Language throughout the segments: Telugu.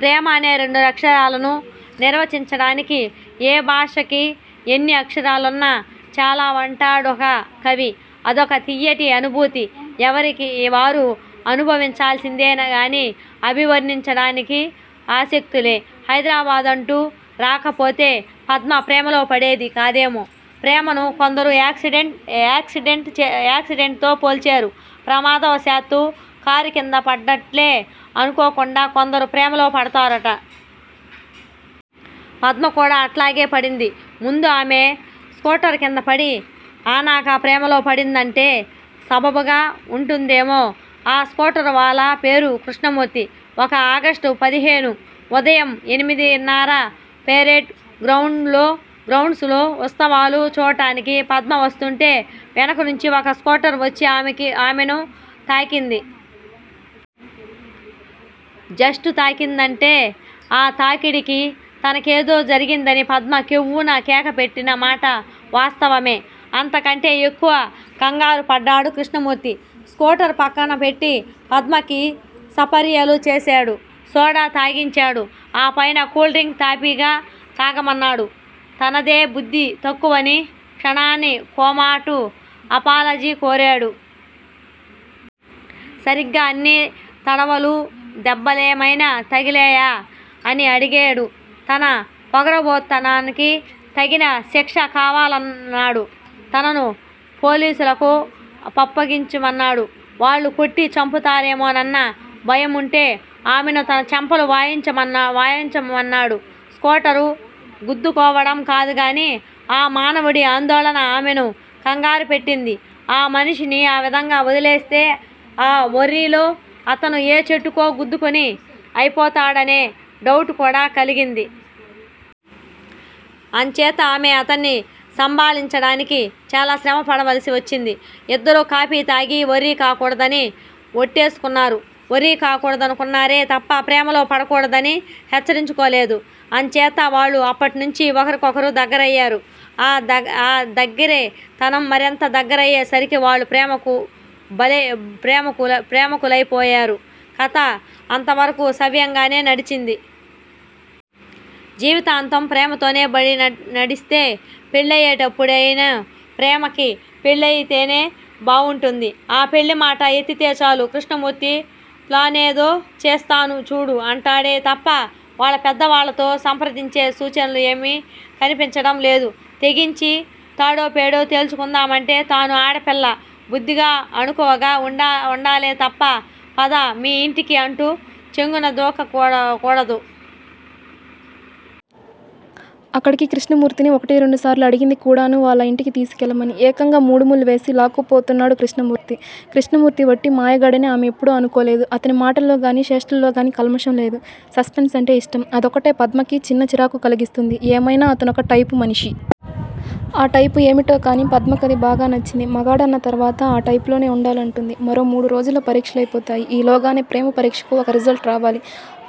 ప్రేమ అనే రెండక్షరాలను నిర్వచించడానికి ఏ భాషకి ఎన్ని అక్షరాలున్నా చాలవంటాడొక కవి. అదొక తియ్యటి అనుభూతి ఎవరికి వారు అనుభవించాల్సిందేగాని అభివర్ణించడానికి అశక్తులే! హైదరాబాదంటూ రాకపోతే పద్మ ప్రేమలో పడేది కాదేమో. ప్రేమను కొందరు ఏక్సిడెంట్ తో పోల్చేరు. ప్రమాదవశాత్తూ కారుకింద పడ్డట్లే అనుకోకుండా కొందరు ప్రేమలో పడతారుట. పద్మ కూడా అట్లాగే పడింది. ముందు ఆమె స్కూటరుకిందపడి ఆనక ప్రేమలో పడిందంటే సబబుగా ఉంటుందేమో. ఆ స్కూటరువాలా పేరు కృష్ణమూర్తి. ఒక ఆగస్టు పదిహేను. ఉదయం ఎనిమిదిన్నర. పెరేడ్ గ్రౌండ్సులో ఉత్సవాలు చూడటానికి పద్మ వస్తుంటే వెనకనుంచి ఒక స్కూటరు వచ్చి ఆమెను తాకింది. జస్టు తాకిందంతే! ఆ తాకిడికి తనకేదో జరిగిందని పద్మ కెవ్వున కేక పెట్టినమాట వాస్తవమే. అంతకంటే ఎక్కువ ఖంగారుపడ్డాడు కృష్ణమూర్తి. స్కూటరు ప్రక్కనపెట్టి పద్మకి సపర్యలు చేసేడు. సోడా తాగించేడు. ఆపైన కూల్ డ్రింక్ తాపీగా తాగమన్నాడు. తనదే బుద్ధి తక్కువని క్షణానికోమాటు అపాలజీ కోరేడు. సరిగ్గా అన్ని తడవలూ దెబ్బలేమైనా తగిలేయా అని అడిగేడు. తన పొగరబోత్తనానికి తగిన శిక్ష కావాలన్నాడు. తనను పోలీసులకు వప్పగించమన్నాడు. వాళ్ళు కొట్టి చంపుతారేమోనన్న భయముంటే ఆమెను తన చెంపలు వాయించమన్నాడు. స్కూటరు గుద్దుకోవడం కాదుగానీ ఆ మానవుడి ఆందోళన ఆమెను ఖంగారు పెట్టింది. ఆ మనిషిని ఆ విధంగా వదిలేస్తే ఆ వర్రీలో అతను ఏ చెట్టుకో గుద్దుకొని అయిపోతాడనే డవుటు కూడా కలిగింది. అంచేత ఆమె అతన్ని సంబాళించడానికి చాలా శ్రమ పడవలసి వచ్చింది. ఇద్దరూ కాఫీతాగి వర్రీ కాకూడదని ఒట్టేసుకున్నారు. వర్రీ కాకూడదనుకున్నారే తప్ప ప్రేమలో పడకూడదని హెచ్చరించుకోలేదు. అంచేత వాళ్ళు అప్పట్నుంచీ ఒకరికొకరు దగ్గరయ్యేరు. ఆ దగ్గిరితనం మరింత దగ్గరయ్యేసరికి వాళ్ళు ప్రేమికులై పోయేరు. కథ అంతవరకూ సవ్యంగానే నడిచింది. జీవితాంతం ప్రేమతోనే బండినడిస్తే పెళ్లెప్పుడయ్యేను! ప్రేమకి పెళ్ళయితేనే బావుంటుంది. ఆ పెళ్ళిమాట ఎత్తితేచాలు కృష్ణమూర్తి ప్లానేదో చేస్తాను చూడు అంటాడే తప్ప వాళ్ళ పెద్దవాళ్ళతో సంప్రదించే సూచనలు ఏమీ కనిపించడం లేదు. తెగించి తాడోపేడో తెల్చేసుకుందామంటే తాను ఆడపిల్ల. బుద్ధిగా అణుకువగా వుండాలేతప్ప పద మీ యింటికి అంటూ చెంగునదూక కూడదు. అక్కడికి కృష్ణమూర్తిని ఒకటి రెండుసార్లు అడిగింది కూడాను వాళ్ళ యింటికి తీసుకెళ్ళమని. ఏకంగా మూడుముళ్ళు వేసి లాక్కుపోతానన్నాడు కృష్ణమూర్తి. కృష్ణమూర్తివట్టి మాయగాడని ఆమె ఎప్పుడూ అనుకోలేదు. అతని మాటలోగాని చేష్టలోగాని కల్మషంలేదు. సస్పెన్సంటే ఇష్టం. అదొక్కటే, పద్మకి చిన్న చిరాకు కలిగిస్తుంది. ఏమైనా అతనొక టైపుమనిషి. ఆ టైపు ఏమిటోగాని పద్మకది బాగా నచ్చింది. మగాడన్న తర్వాత ఆ టైపులోనే వుండాలంటుంది. మరో మూడురోజుల్లో పరీక్షలైపోతాయి. ఈ లోగానే ప్రేమ పరీక్షకు ఒక రిజల్ట్ రావాలి.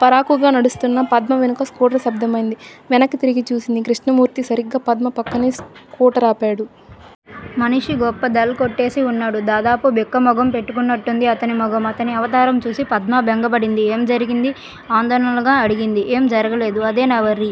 పరాకుగా నడుస్తున్న పద్మవెనక స్కూటరు శబ్దమైంది. వెనక్కి తిరిగి చూసింది. కృష్ణమూర్తి! సరిగ్గా పద్మ పక్కనే స్కూటరాపేడు. మనిషి గొప్ప డల్ కొట్టేసి వున్నాడు, దాదాపు బిక్క మొగం పెట్టుకున్నట్టుంది అతని మొగం. అతని అవతారం చూసి పద్మ బెంగపడింది. ఏం జరిగింది? ఆందోళనగా అడిగింది. ఏం జరగలేదు. అదే నా వర్రీ!